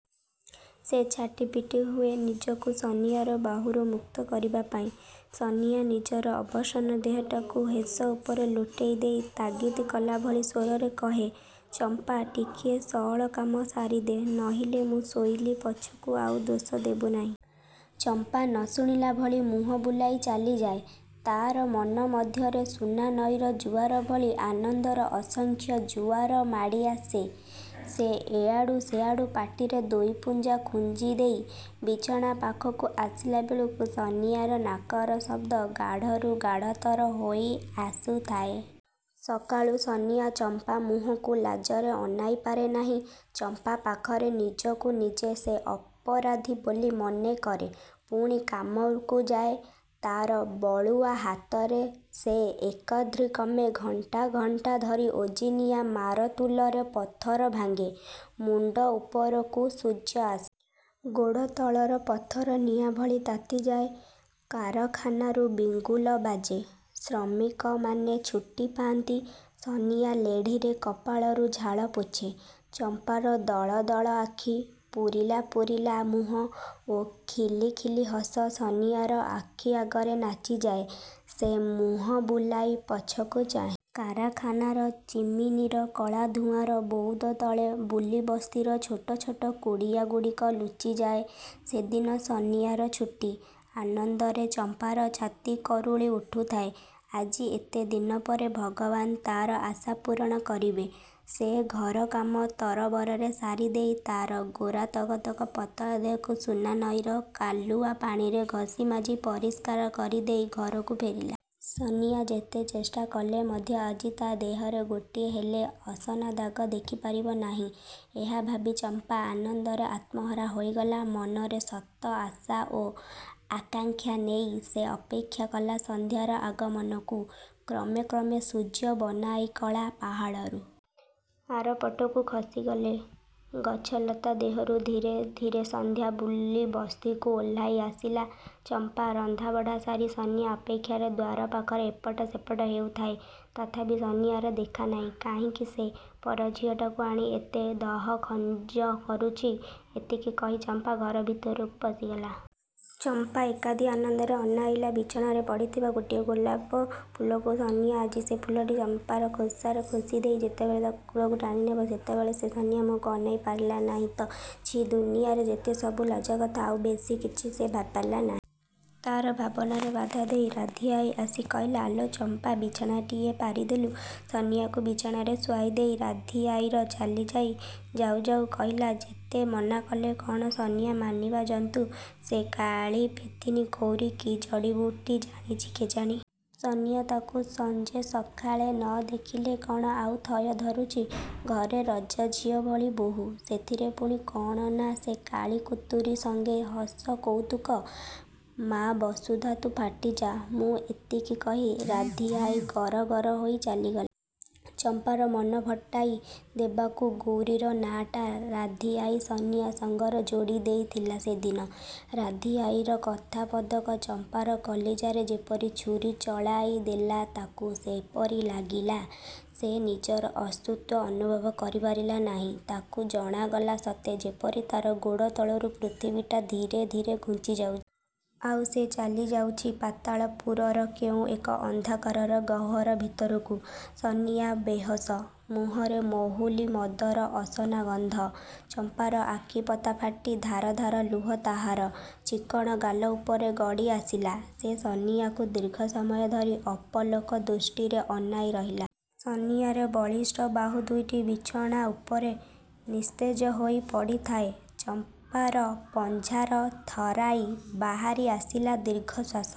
ସେ ଛାଟିପିଟି ହୁଏ ନିଜକୁ ସନିଆର ବାହୁରୁ ମୁକ୍ତ କରିବା ପାଇଁ। ସନିଆ ନିଜର ଅବସନ୍ନ ଦେହଟାକୁ ହେଁସ ଉପରେ ଲୋଟେଇ ଦେଇ ତାଗିତ କଲାଭଲି ସ୍ୱରରେ କହେ ''ଚମ୍ପା! ଟିକିଏ ସଅଳ କାମ ସାରିଦେ। ନୋହିଲେ ମୁଁ ଶୋଇଲି। ପଛକୁ ଆଉ ଦୋଷ ଦେବୁ ନାହିଁ। '' ଚମ୍ପା ନ ଶୁଣିଲା ଭଳି ମୁହଁ ବୁଲାଇ ଚାଲିଯାଏ। ତା'ର ମନ ମଧ୍ୟରେ ସୁନାନଈର ଜୁଆର ଭଳି ଆନନ୍ଦର ଅସଂଖ୍ୟ ଜୁଆର ମାଡ଼ିଆସେ। ସେ ଏଆଡ଼ୁ ସେଆଡ଼ୁ ପାଟିରେ ଦୁଇପୁଞ୍ଜା ଗୁଞ୍ଜିଦେଇ ବିଛଣା ପାଖକୁ ଆସିଲାବେଳକୁ ସନିଆର ନାକର ଶବ୍ଦ ଗାଢ଼ରୁ ଗାଢ଼ତର ହୋଇଆସୁଥାଏ। ସକାଳୁ ସନିଆ ଚମ୍ପା ମୁହଁକୁ ଲାଜରେ ଅନାଇପାରେ ନାହିଁ। ଚମ୍ପା ପାଖରେ ନିଜକୁ ନିଜେ ସେ ଅପରାଧୀ ବୋଲି ମନେକରେ। ପୁଣି କାମକୁ ଯାଏ। ତା'ର ବଳୁଆ ହାତରେ ସେ ଏକାଧିକ୍ରମେ ଘଣ୍ଟା ଘଣ୍ଟା ଧରି ଓଜନିଆ ମାରତୁଲରେ ପଥର ଭାଙ୍ଗେ। ମୁଣ୍ଡ ଉପରକୁ ସୂର୍ଯ୍ୟ ଆସେ। ଗୋଡ଼ତଳର ପଥର ନିଆଁଭଳି ତାତିଯାଏ। କାରଖାନାରୁ ବିଗୁଲ ବାଜେ। ଶ୍ରମିକମାନେ ଛୁଟି ପାଆନ୍ତି। ସନିଆ ଲେଢ଼ିରେ କପାଳରୁ ଝାଳ ପୋଛେ। ଚମ୍ପାର ଦଳ ଦଳ ଆଖି। ପୂରିଲା ପୂରିଲା ମୁହଁ ଓ ଖିଲି ଖିଲି ହସ ସନିଆର ଆଖି ଆଗରେ ନାଚିଯାଏ। ସେ ମୁହଁ ବୁଲାଇ ପଛକୁ ଚାହେଁ। କାରଖାନାର ଚିମିନିର କଳାଧୂଆଁର ବଉଦ ତଳେ କୁଲିବସ୍ତିର ଛୋଟ ଛୋଟ କୁଡ଼ିଆଗୁଡ଼ିକ ଲୁଚିଯାଏ। ସେଦିନ ସନିଆର ଛୁଟି। ଆନନ୍ଦରେ ଚମ୍ପାର ଛାତି କୁରୁଳି ଉଠୁଥାଏ। ଆଜି ଏତେ ଦିନପରେ ଭଗବାନ ତା'ର ଆଶା ପୂରଣ କରିବେ। ସେ ଘର କାମ ତରବରରେ ସାରି ଦେଇ ତା'ର ଗୋରା ତକ ତକ ପତଳା ଦେହକୁ ସୁନାନଈର କାଲୁଆ ପାଣିରେ ଘଷି ମାଜି ପରିଷ୍କାର କରିଦେଇ ଘରକୁ ଫେରିଲା। ସନିଆ ଯେତେ ଚେଷ୍ଟା କଲେ ମଧ୍ୟ ଆଜି ତା' ଦେହରେ ଗୋଟିଏହେଲେ ଅସନାଦାଗ ଦେଖିପାରିବ ନାହିଁ। ଏହା ଭାବି ଚମ୍ପା ଆନନ୍ଦରେ ଆତ୍ମହରା ହୋଇଗଲା। ମନରେ ଶତ ଆଶା ଓ ଆକାଙ୍କ୍ଷା ନେଇ ସେ ଅପେକ୍ଷା କଲା ସନ୍ଧ୍ୟାର ଆଗମନକୁ-। କ୍ରମେ କ୍ରମେ ସୂର୍ଯ୍ୟ ବନେଇକଳା ପାହାଡ଼ରୁ। ଆରପଟକୁ ଖସିଗଲେ। ଗଛଲତା ଦେହରୁ ଧୀରେ ଧୀରେ ସନ୍ଧ୍ୟା କୁଲିବସ୍ତିକୁ ଓହ୍ଲାଇ ଆସିଲା। ଚମ୍ପା ରନ୍ଧାବଢ଼ା ସାରି ସନିଆ ଅପେକ୍ଷାରେ ଦ୍ୱାର ପାଖରେ ଏପଟ ସେପଟ ହେଉଥାଏ। ତଥାପି ସନିଆର ଦେଖା ନାହିଁ। ''କାହିଁକି ସେ ପରଝିଅଟାକୁ ଆଣି ଏତେ ଦହଗଞ୍ଜ କରୁଛି'' ଏତିକି କହି ଚମ୍ପା ଘର ଭିତରକୁ ପଶିଗଲା। ଚମ୍ପା ଏକଧିଆନରେ ଅନାଇଲା ବିଛଣାରେ ପଡ଼ିଥିବା ଗୋଟିଏ ଗୋଲାପ ଫୁଲକୁ। ସନିଆ ଆଜି ସେ ଫୁଲଟି ଚମ୍ପାର ଖୋସାରେ ଖୋସିଦେଇ ଯେତେବେଳେ ତାକୁ କୋଳକୁ ଟାଣିନେବ ସେତେବେଳେ ସେ ସନିଆ ମୁହଁକୁ ଅନାଇ ପାରିବ ତ? ଛିଃ ଦୁନିଆରେ ଯେତେସବୁ ଲାଜକଥା। ଆଉ ବେଶିକିଛି ସେ ଭାବିପାରିଲା ନାହିଁ। ତା'ର ଭାବନାରେ ବାଧାଦେଇ ରାଧୀଆଈ ଆସି କହିଲା, ''ଆଲୋ ଚମ୍ପା! ବିଛଣା ଟିକିଏ ପାରିଦେଲୁ। '' ସନିଆକୁ ବିଛଣାରେ ଶୁଆଇଦେଇ ରାଧୀଆଈର ଚାଲି ଯାଉଁ ଯାଉଁ କହିଲା, ''ଯେତେ ମନାକଲେ କ'ଣ ସନିଆ ମାନିବା ଜନ୍ତୁ। ସେ କାଳୀପେତିନୀ ଗୌରୀ କି ଜଡ଼ିବୁଟି ଜାଣିଛି କେଜାଣି-। ସନିଆ ତାକୁ ସଞ୍ଜେସକାଳେ ନ ଦେଖିଲେ କ'ଣ ଆଉ ଥୟ ଧରୁଛି। ଘରେ ରଜାଝିଅ ଭଳି ବୋହୂ। ସେଥିରେ ପୁଣି କ'ଣ ନା ସେ କାଳୀକୁତୁରୀ ସଙ୍ଗେ ହସ କଉତୁକ। ମା ବସୁଧା! ତୁ ଫାଟିଯା। ମୁଁ ଏତିକି କହି ରାଧୀଆଈ ଗରଗର ହୋଇ ଚାଲିଗଲା। '' ଚମ୍ପାର ମନ ଫଟାଇ ଦେବାକୁ ଗୌରୀର ନାମଟା ରାଧୀଆଈ ସନିଆ ସଙ୍ଗରେ ଯୋଡ଼ି ଦେଇଥିଲା ସେଦିନ। ରାଧୀଆଈର କଥାପଦକ ଚମ୍ପାର କଲିଜାରେ ଯେପରି ଛୁରିଚଳାଇ ଦେଲା ତାକୁ ସେହିପରି ଲାଗିଲା। ସେ ନିଜର ଅସ୍ତିତ୍ୱ ଅନୁଭବ କରିପାରିଲା ନାହିଁ। ତାକୁ ଜଣାଗଲା ସତେ ଯେପରି ତା'ର ଗୋଡ଼ ତଳରୁ ପୃଥିବୀଟା ଧୀରେ ଧୀରେ ଘୁଞ୍ଚି ଯାଉଛି। ଆଉ ସେ ଚାଲିଯାଉଛି ପାତାଳ ପୁରୀର କେଉଁ ଏକ ଅନ୍ଧକାରର ଗହ୍ୱର ଭିତରକୁ। ସନିଆ ବେହୋସ। ମୁହଁରେ ମହୁଲୀ ମଦର ଅସନା ଗନ୍ଧ। ଚମ୍ପାର ଆଖିପତା ଫାଟି ଧାର ଧାର ଲୁହ ତାହାର ଚିକ୍କଣ ଗାଲ ଉପରେ ଗଡ଼ିଆସିଲା। ସେ ସନିଆକୁ ଦୀର୍ଘ ସମୟ ଧରି ଅପଲକ ଦୃଷ୍ଟିରେ ଅନାଇ ରହିଲା। ସନିଆର ବଳିଷ୍ଠ ବାହୁ ଦୁଇଟି ବିଛଣା ଉପରେ ନିସ୍ତେଜ ହୋଇ ପଡ଼ିଥାଏ। ଚମ୍ପାର ପଞ୍ଜରା ଥରାଇ ବାହାରିଆସିଲା ଦୀର୍ଘଶ୍ୱାସ।